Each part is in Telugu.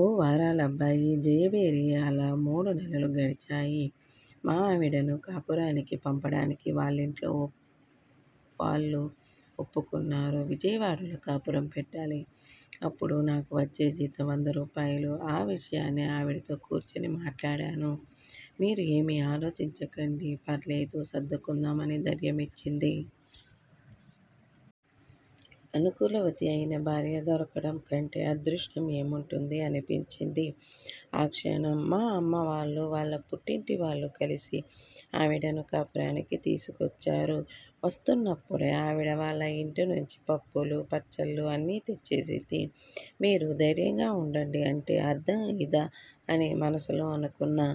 ఓ వారాలబ్బాయి జయభేరి అలా మూడు నెలలూ గడిచాయి. మా ఆవిడను కాపురానికి పంపడానికి వాళ్లింట్లో వాళ్లు ఒప్పుకున్నారు. విజయవాడలో కాపురం పెట్టాలి. అప్పుడు నాకు వచ్చే జీతం వంద రూపాయలు. ఆ విషయాన్నే ఆవిడతో కూర్చుని మాట్లాడాను. 'మీరు ఏమీ ఆలోచించకండి, ఫర్లేదు సర్దుకుందాం' అని ధైర్యమిచ్చింది. అనుకూలవతి అయిన భార్య దొరకడంకంటే అదృష్టం ఏం ఉంటుంది? అనిపించింది ఆ క్షణం. మా అమ్మావాళ్లు, వాళ్ల పుట్టింటి వాళ్లు కలిసి ఆవిడను కాపురానికి తీసుకొచ్చారు. వస్తున్నప్పుడే ఆవిడ వాళ్ల ఇంటి నుంచి పప్పులు, పచ్చళ్లు అన్నీ తెచ్చేసింది. 'మీరు ధైర్యంగా ఉండండి' అంటే అర్థం ఇదా అని మనసులో అనుకున్నా.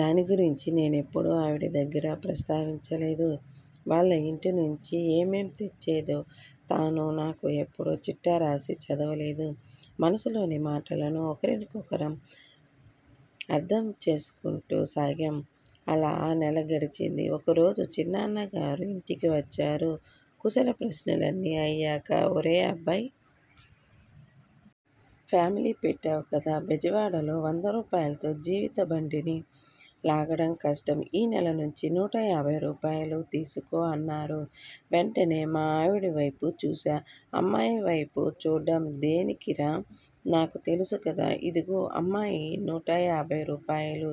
దాని గురించి నేనెప్పుడూ ఆవిడ దగ్గర ప్రస్తావించలేదు. వాళ్ల ఇంటి నుంచి ఏమేం తెచ్చేదో తానూ నాకు ఎప్పుడూ చిట్టా రాసి చదవలేదు. మనసులోని మాటలను ఒకరికొకరం అర్థం చేసుకుంటూ సాగాం. అలా ఆ నెల గడిచింది. ఒకరోజు చిన్నాన్న గారు ఇంటికి వచ్చారు. కుశల ప్రశ్నలన్నీ అయ్యాక 'ఒరే అబ్బాయ్.. ఫ్యామిలీ పెట్టావు కదా. బెజవాడలో వంద రూపాయలతో జీవిత బండిని లాగడం కష్టం. ఈ నెల నుంచి నూట యాభై రూపాయలు తీసుకో' అన్నారు. వెంటనే మా ఆవిడవైపు చూశా. 'అమ్మాయి వైపు చూడ్డం దేనికిరా? నాకు తెలుసు కదా. ఇదిగో అమ్మాయి నూట యాభై రూపాయలు,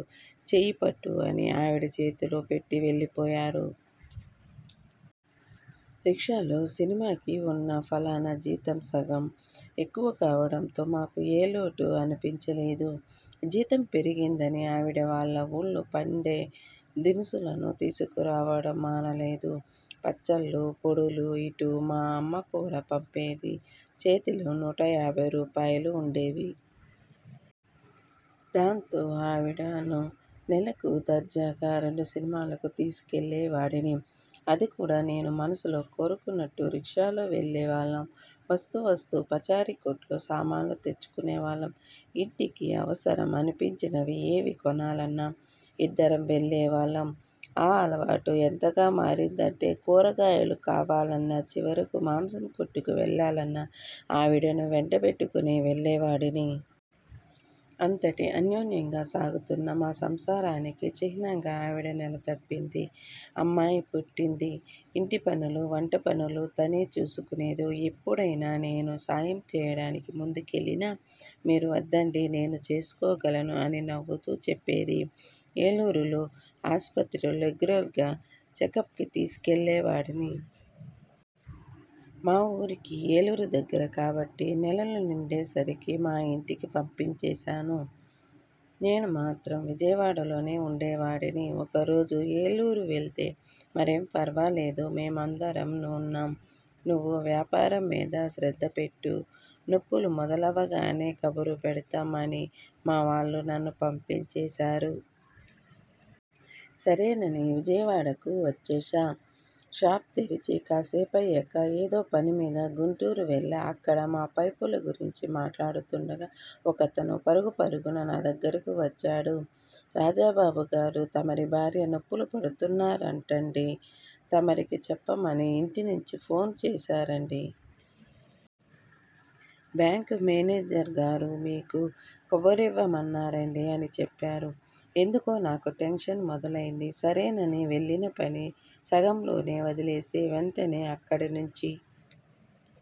చెయ్యిపట్టు' అని ఆవిడ చేతిలో పెట్టి వెళ్లిపోయారు. రిక్షాలో సినిమాకి ఉన్న పళాన జీతం సగం ఎక్కువ కావడంతో మాకు ఏ లోటూ అనిపించలేదు. జీతం పెరిగిందని ఆవిడ వాళ్ల ఊళ్లో పండే దినుసులను తీసుకురావడం మానలేదు. పచ్చళ్లు, పొడులు, ఇటు మా అమ్మ కూడా పంపేది. చేతిలో నూట యాభై రూపాయలు ఉండేవి. దాంతో ఆవిడను నెలకు దర్జాగా రెండు సినిమాలకు తీసుకెళ్లే వాడిని. అది కూడా నేను మనసులో కోరుకున్నట్టు రిక్షాలో వెళ్లే వాళ్లం. వస్తూ వస్తూ పచారీ కొట్లో సామాన్లు తెచ్చుకునే వాళ్లం. ఇంటికి అవసరం అనిపించినవి ఏవి కొనాలన్నా ఇద్దరం వెళ్లే వాళ్లం. ఆ అలవాటు ఎంతగా మారిందంటే కూరగాయలు కావాలన్నా, చివరకు మాంసం కొట్టుకు వెళ్లాలన్నా ఆవిడను వెంట పెట్టుకునే వెళ్లేవాడిని. అంతటి అన్యోన్యంగా సాగుతున్న మా సంసారానికి చిహ్నంగా ఆవిడ నెల తప్పింది. అమ్మాయి పుట్టింది! ఇంటి పనులూ, వంట పనులూ తనే చేసుకునేది. ఎప్పుడైనా నేను సాయం చేయడానికి ముందుకెళ్లినా 'మీరు వద్దండి. నేను చేసుకోగలను' అని నవ్వుతూ చెప్పేది. ఏలూరులో ఆసుపత్రిలో రెగ్యులర్గా చెకప్కి తీసుకెళ్లే వాడిని. మా ఊరికి ఏలూరు దగ్గర కాబట్టి నెలలు నిండే సరికి మా ఇంటికి పంపించేశాను. నేను మాత్రం విజయవాడలోనే ఉండేవాడిని. ఒకరోజు ఏలూరు వెళ్తే, 'మరేం ఫర్వాలేదు. మేమందరం ఉన్నాం. నువ్వు వ్యాపారం మీద శ్రద్ధ పెట్టు. నొప్పులు మొదలవగానే కబురుపెడతాం' అని మావాళ్లు నన్ను పంపించేశారు. సరేనని విజయవాడకు వచ్చేశా. షాప్ తెరిచి కాసేపయ్యాక ఏదో పని మీద గుంటూరు వెళ్లా. అక్కడ మా పైపుల గురించి మాట్లాడుతుండగా ఒకతను పరుగు పరుగున నా దగ్గరకు వచ్చాడు. 'రాజ బాబు గారూ.. తమరి భార్య నొప్పులు పడుతున్నారంటండీ. తమరికి చెప్పమని ఇంటి నుంచి ఫోను చేశారండీ. బ్యాంకు మేనేజర్గారు మీకు కబురివ్వమన్నారండీ' అని చెప్పారు. ఎందుకో నాకు టెన్షన్ మొదలైంది. సరేనని వెళ్లిన పని సగంలోనే వదిలేసి, వెంటనే అక్కడినుంచి